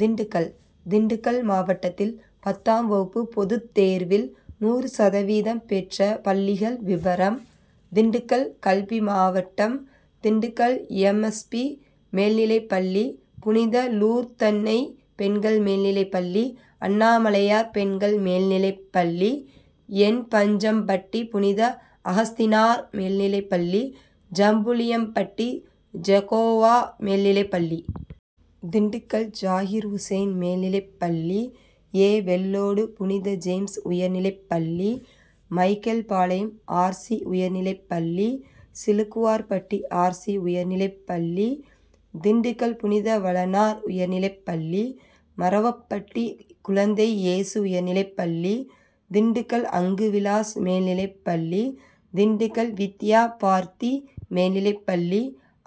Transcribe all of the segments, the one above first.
திண்டுக்கல் திண்டுக்கல் மாவட்டத்தில் பத்தாம் வகுப்பு பொதுத்தேர்வில் நூறு சதவீதம் பெற்ற பள்ளிகள் விபரம் திண்டுக்கல் கல்வி மாவட்டம் திண்டுக்கல் எம்எஸ்பி, மேல்நிலைப் பள்ளி, புனித லூர்தன்னை பெண்கள் மேல் நிலைப்பள்ளி, அண்ணாமலையார் பெண்கள் மேல்நிலைப்பள்ளி, என்பஞ்சம்பட்டி புனித அகஸ்தினார் மேல்நிலைப்பள்ளி, ஜம்புலியம்பட்டி ஜெகோவா மேல்நிலைப்பள்ளி, திண்டுக்கல்ஜாகீர் உசேன் மேல்நிலைப்பள்ளி, ஏவெள்ளோடு புனித ஜேம்ஸ் உயர்நிலைப்பள்ளி, மைக்கேல்பாளையம் ஆர்சி, உயர்நிலைப்பள்ளி, சிலுக்குவார்பட்டி ஆர்சி, உயர்நிலைப்பள்ளி, திண்டுக்கல் புனித வளனார் உயர்நிலைப்பள்ளி, மறவப்பட்டி குழந்தை இயேசு உயர்நிலைப்பள்ளி, திண்டுக்கல் அங்குவிலாஸ் மேல்நிலைப்பள்ளி, திண்டுக்கல் வித்யாபார்த்தி மேல்நிலைப்பள்ளி,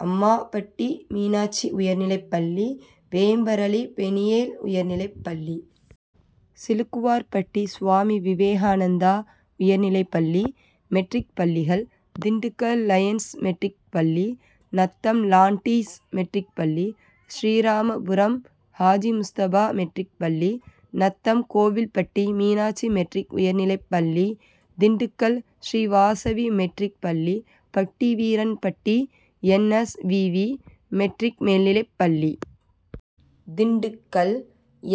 அம்மாபட்டி மீனாட்சி உயர்நிலைப்பள்ளி, வேம்பரளி பெனியேல் உயர்நிலைப்பள்ளி, சிலுக்குவார்பட்டி சுவாமி விவேகானந்தா உயர்நிலைப்பள்ளி மெட்ரிக் பள்ளிகள் திண்டுக்கல் லயன்ஸ் மெட்ரிக் பள்ளி, நத்தம் லாண்டீஸ் மெட்ரிக் பள்ளி, ஸ்ரீராமபுரம் ஹாஜி முஸ்தபா மெட்ரிக் பள்ளி, நத்தம் கோவில்பட்டி மீனாட்சி மெட்ரிக் உயர்நிலைப்பள்ளி, திண்டுக்கல் ஸ்ரீவாசவி மெட்ரிக் பள்ளி, பட்டிவீரன்பட்டி என்எஸ் விவி, மெட்ரிக் மேல்நிலைப்பள்ளி, திண்டுக் கல்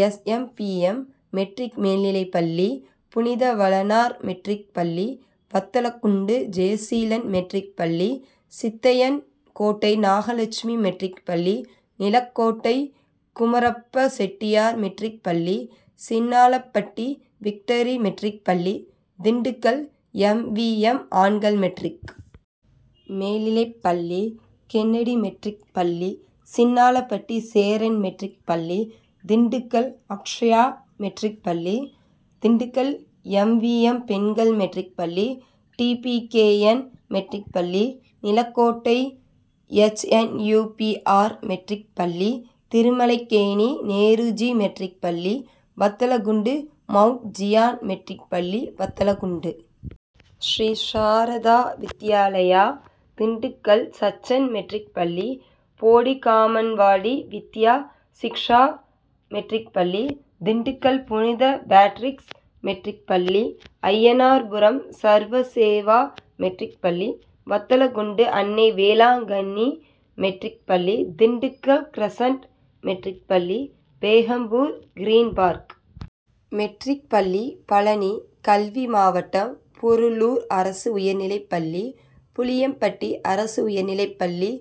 எஸ்எம்பிஎம், மெட்ரிக் மேல்நிலைப் பள்ளி, புனித வளனார் மெட்ரிக் பள்ளி, வத்தலக்குண்டு ஜெயசீலன் மெட்ரிக் பள்ளி, சித்தையன் கோட்டை நாகலட்சுமி மெட்ரிக் பள்ளி, நிலக்கோட்டை குமரப்ப செட்டியார் மெட்ரிக் பள்ளி, சின்னாளபட்டி விக்டரி மெட்ரிக் பள்ளி, திண்டுக்கல் எம்வி எம், ஆண்கள் மெட்ரிக் மேல்நிலைப்பள்ளி, கென்னடி மெட்ரிக் பள்ளி, சின்னாளபட்டி சேரன் மெட்ரிக் பள்ளி, திண்டுக் கல் அக்ஷயா மெட்ரிக் பள்ளி, திண்டுக்கல் எம்விஎம், பெண்கள் மெட்ரிக் பள்ளி, டிபிகேஎன் மெட்ரிக் பள்ளி, நிலக்கோட்டை எச்என்யூபிஆர், மெட்ரிக் பள்ளி, திருமலைக்கேணி நேருஜி மெட்ரிக் பள்ளி, வத்தலக்குண்டு மவுண்ட் ஜியான் மெட்ரிக் பள்ளி, வத்தலக்குண்டு ஸ்ரீசாரதா வித்யாலயா, திண்டுக் கல் சச்சன் மெட்ரிக் பள்ளி, போடிகாமன்வாடி வித்யா சிக்ஷா மெட்ரிக் பள்ளி, திண்டுக்கல் புனித பேட்ரிக்ஸ் மெட்ரிக் பள்ளி, அய்யனார்புரம் சர்வசேவா மெட்ரிக் பள்ளி, வத்தலக்குண்டு அன்னை வேளாங்கன்னி மெட்ரிக் பள்ளி, திண்டுக்கல் கிரசன்ட் மெட்ரிக் பள்ளி, பேகம்பூர் கிரீன் பார்க் மெட்ரிக் பள்ளி பழநி கல்வி மாவட்டம் பொருளூர் அரசு உயர்நிலைப்பள்ளி, புளியம்பட்டி அரசு உயர்நிலைப்பள்ளி,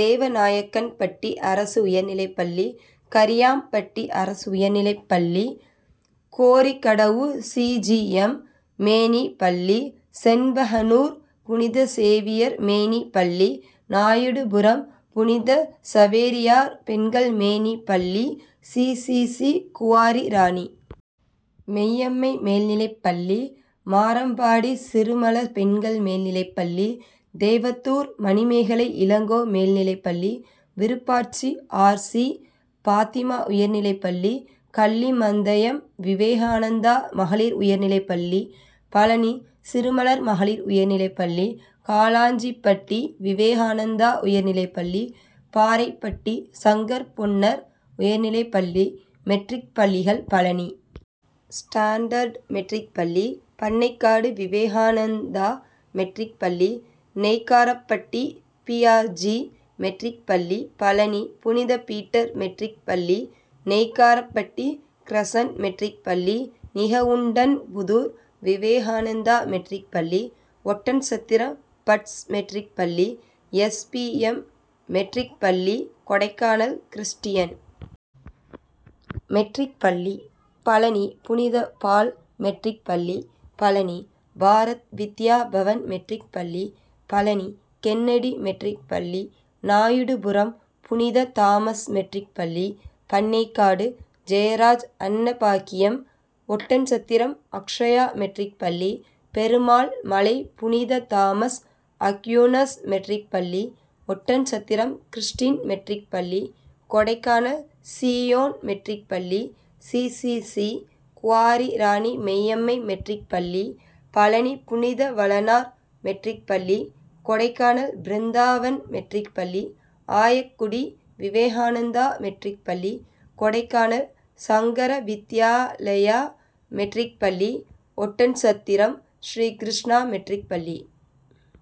தேவநாயக்கன்பட்டி அரசு உயர்நிலைப்பள்ளி, கரியாம்பட்டி அரசு உயர்நிலைப் பள்ளி, கோரிக்கடவு சிஜிஎம், மேநி, பள்ளி, செண்பகனூர் புனித சேவியர் மேநி, பள்ளி, நாயுடுபுரம் புனித சவேரியார் பெண்கள் மேநி, பள்ளி, சிசிசி, குவாரி ராணி மெய்யம்மை மேல்நிலைப்பள்ளி, மாரம்பாடி சிறுமலர் பெண்கள் மேல்நிலைப்பள்ளி, தேவத்தூர் மணிமேகலை இளங்கோ மேல்நிலைப்பள்ளி, விருப்பாட்சி ஆர்சி, பாத்திமா உயர்நிலைப்பள்ளி, கள்ளிமந்தயம் விவேகானந்தா மகளிர் உயர்நிலைப்பள்ளி, பழநி சிறுமலர் மகளிர் உயர்நிலைப்பள்ளி, காளாஞ்சிபட்டி விவேகானந்தா உயர்நிலைப் பள்ளி, பாறைப்பட்டி சங்கர் பொன்னர் உயர்நிலைப்பள்ளி மெட்ரிக் பள்ளிகள் பழநி ஸ்டாண்டர்டு மெட்ரிக் பள்ளி, பண்ணைக்காடு விவேகானந் தா மெட்ரிக்பள்ளி, நெய்க்காரப்பட்டி பிஆர்ஜி, மெட்ரிக் பள்ளி, பழநி புனித பீட்டர் மெட்ரிக் பள்ளி, நெய்க்காரப்பட்டி கிரசன்ட் மெட்ரிக் பள்ளி, நிகவுண்டன்புதூர் விவேகானந்தா மெட்ரிக் பள்ளி, ஒட்டன்சத்திரம் பட்ஸ் மெட்ரிக் பள்ளி, எஸ்பிஎம், மெட்ரிக் பள்ளி, கொடைக்கானல் கிறிஸ்டியன் மெட்ரிக் பள்ளி, பழநி புனித பால் மெட்ரிக் பள்ளி, பழநி பாரத் வித்யாபவன் மெட்ரிக் பள்ளி, பழநி கென்னடி மெட்ரிக் பள்ளி, நாயுடுபுரம் புனித தாமஸ் மெட்ரிக் பள்ளி, பண்ணைக்காடு ஜெயராஜ் அன்னபாக்கியம், ஒட்டன்சத்திரம் அக்ஷயா மெட்ரிக் பள்ளி, பெருமாள் மலை புனித தாமஸ் அக்யூனஸ் மெட்ரிக் பள்ளி, ஒட்டன்சத்திரம் கிறிஸ்டின் மெட்ரிக் பள்ளி, கொடைக்கானல் சீயோன் மெட்ரிக் பள்ளி, சிசிசி, குவாரி ராணி மெய்யம்மை மெட்ரிக் பள்ளி, பழநி புனித வளனார் மெட்ரிக் பள்ளி கொடைக்கானல் பிருந்தாவன் மெட்ரிக் பள்ளி, ஆயக்குடி விவேகானந்தா மெட்ரிக் பள்ளி, கொடைக்கானல் சங்கர வித்யாலயா மெட்ரிக் பள்ளி, ஒட்டன்சத்திரம் ஸ்ரீகிருஷ்ணா மெட்ரிக் பள்ளி.